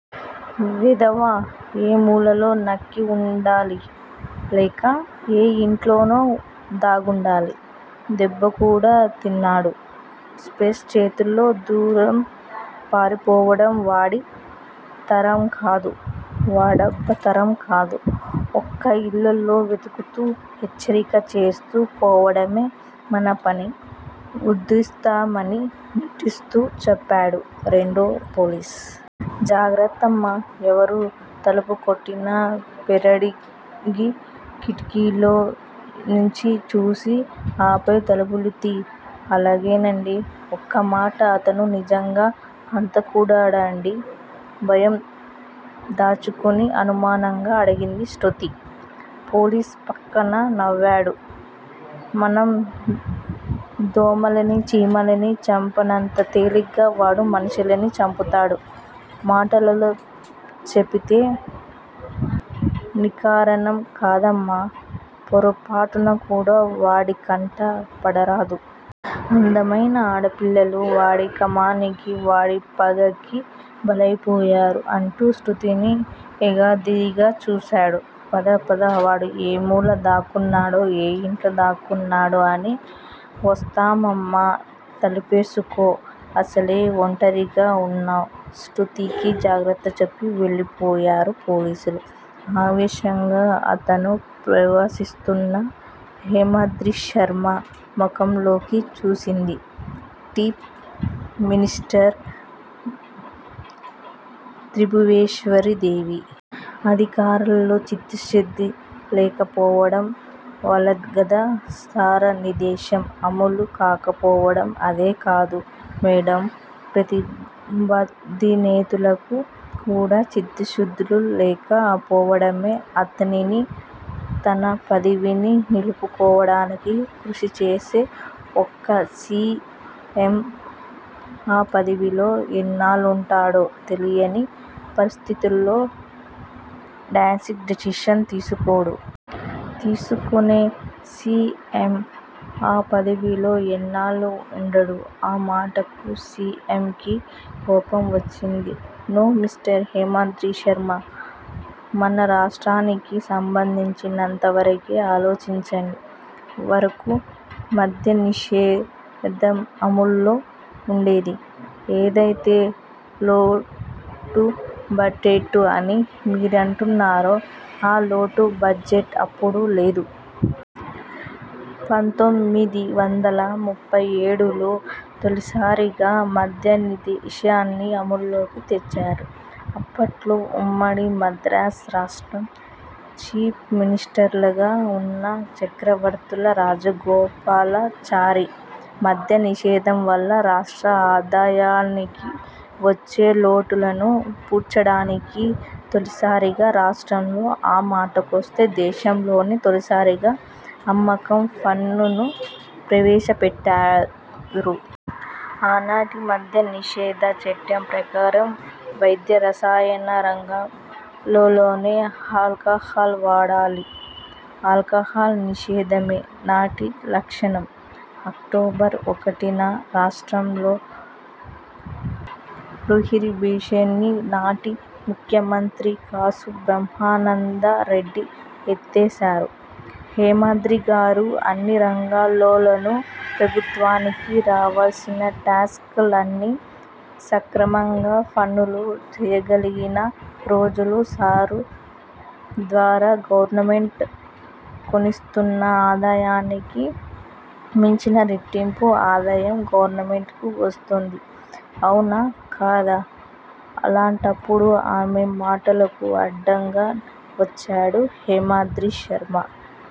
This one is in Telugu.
వెధవ ఏ మూలలో నక్కి వుండాలి. లేక ఏ ఇంట్లోనో దాగుండాలి. దెబ్బకూడా తిన్నాడు స్పేస్ చేతిలో, దూరం పారిపోవడం వాడి తరంకాదు, వాడబ్బ తరం కాదు. ఒక్కో ఇళ్ళలో వెతుకుతూ హెచ్చరిక చేస్తూ పోవడమే మన పని ఉదిస్తామని నిట్టూరుస్తూ చెప్పాడు రెండో పోలీసు. జాగ్రత్తమ్మా! ఎవరు తలుపుకొట్టినా పేరడిగి కిటికీ లోంచి చూసి ఆపై తలుపులు తియ్యి. అలాగేనండి. ఒక్కమాట అతను నిజంగా హంతకుడాండి? భయం దాచుకుని అనుమానంగా అడిగింది శృతి. పోలీసు ఫక్కున నవ్వాడు. మనం దోమల్ని చీమల్ని చంపినంత తేలిగ్గా వాడు మనుషుల్ని చంపుతాడు. మాటల్లో చెపితే నీకరణం కాదమ్మా పోరపాటునకూడా వాడి కంట పడరాదు. అందమైన ఆడపిల్లలు వాడి కామానికి, వాడి పగకి బలయిపోయారు. అంటూ శృతిని ఎగాదిగా చూశాడు. పద పద, వాడు ఏమూల దాగున్నాడో, ఏ ఇంట్లో దాగున్నాడో అని వస్తామమ్మా తలుపేసుకో, అసలే ఒంటరిగా వున్నా శ్రుతికి జాగ్రత్త చెప్పి వెళ్ళిపోయారు పోలీసులు. ఆవేశంగా తనను ప్రశ్నిస్తున్న హేమాద్రిశర్మ ముఖంలోకి చూసింది చీఫ్ మినిస్టర్ త్రిభువేశ్వరీదేవి. అధికారుల్లో చిత్తశుద్ది లేకపోవడం వల్లేగదా సారా నిదేషాం అమలు కాకపోవడం అదే కాదు మేడమ్ ప్రతిభనేతలకు కూడా చిత్తశుద్ది లేక పోవడమే తనని, తన పదవిని నిలుపుకోడానికి కృషి చేసే ఒక సి. ఎమ్. ఆ పదవిలో ఎన్నాళ్ళుంటాడో తెలియని పరిస్థితిలో డ్రాస్టిక్ డెసిషన్స్ తీసుకోడు. తీసుకునే సి. ఎమ్ ఆ పదవిలో ఎన్నాళ్ళో ఉండడు ఆ మాటకు సి. ఎమ్ కి కోపం వచ్చింది. నో మిస్టర్ హేమాద్రి శర్మ మన రాష్ట్రానికి సంబంధించినంత వరకే ఆలోచించండి వరకు మధ్యనిషేధం అమల్లో ఉండేది. ఏదయితే లోటుబడ్జెట్ అని మీరంటున్నారో, ఆ లోటు బడ్జెట్ అప్పుడు లేదు? పంతోమిది వందల ముప్పై ఏడు లో తొలిసారిగా మద్యనిషేధాన్ని అమల్లోకి తెచ్చారు. అప్పట్లో ఉమ్మడి మద్రాసు రాష్ట్రం చీఫ్ మినిస్టరుగా ఉన్న చక్రవర్తుల రాజగోపాలాచారి మధ్యనిషేధం వల్ల రాష్ట్ర ఆదాయానికి వచ్చే లోటులను పూడ్చదానికి తొలిసారిగా రాష్ట్రంలో, ఆ మాటకొస్తే దేశంలోనే తొలిసారిగా అమ్మకం పన్ను ను ప్రవేశపెట్టారు. ఆనాటి మద్యనిషేధ చట్టం ప్రకారం వైద్య రసాయన రంగాలల్లోనే ఆల్కహాల్ వాడాలి ఆల్కహాల్ నిషేధమే నాటి లక్ష్యం. అక్టోబర్ ఒకటీ న రాష్ట్రంలో ప్రొహిబిషన్ ని నాటి ముఖ్యమంత్రి కాసు బ్రహ్మానందరెడ్డి ఎత్తేసారు. హేమాద్రిగారూ అన్ని రంగాలలో ప్రభుత్వానికి రావాల్సిన టాక్స్ లన్నీ సక్రమంగా పనులు చేయగలిగిన రోజున సారా ద్వారా గవర్నమెంట్ కొస్తున్న ఆదాయానికి మించిన రెట్టింపు ఆదాయం గవర్నమెంట్ కు వస్తుంది అవునా కాదా అలాంటప్పుడు ఆమె మాటలకు అడ్డంగా వచ్చాడు హేమాద్రిశర్మ.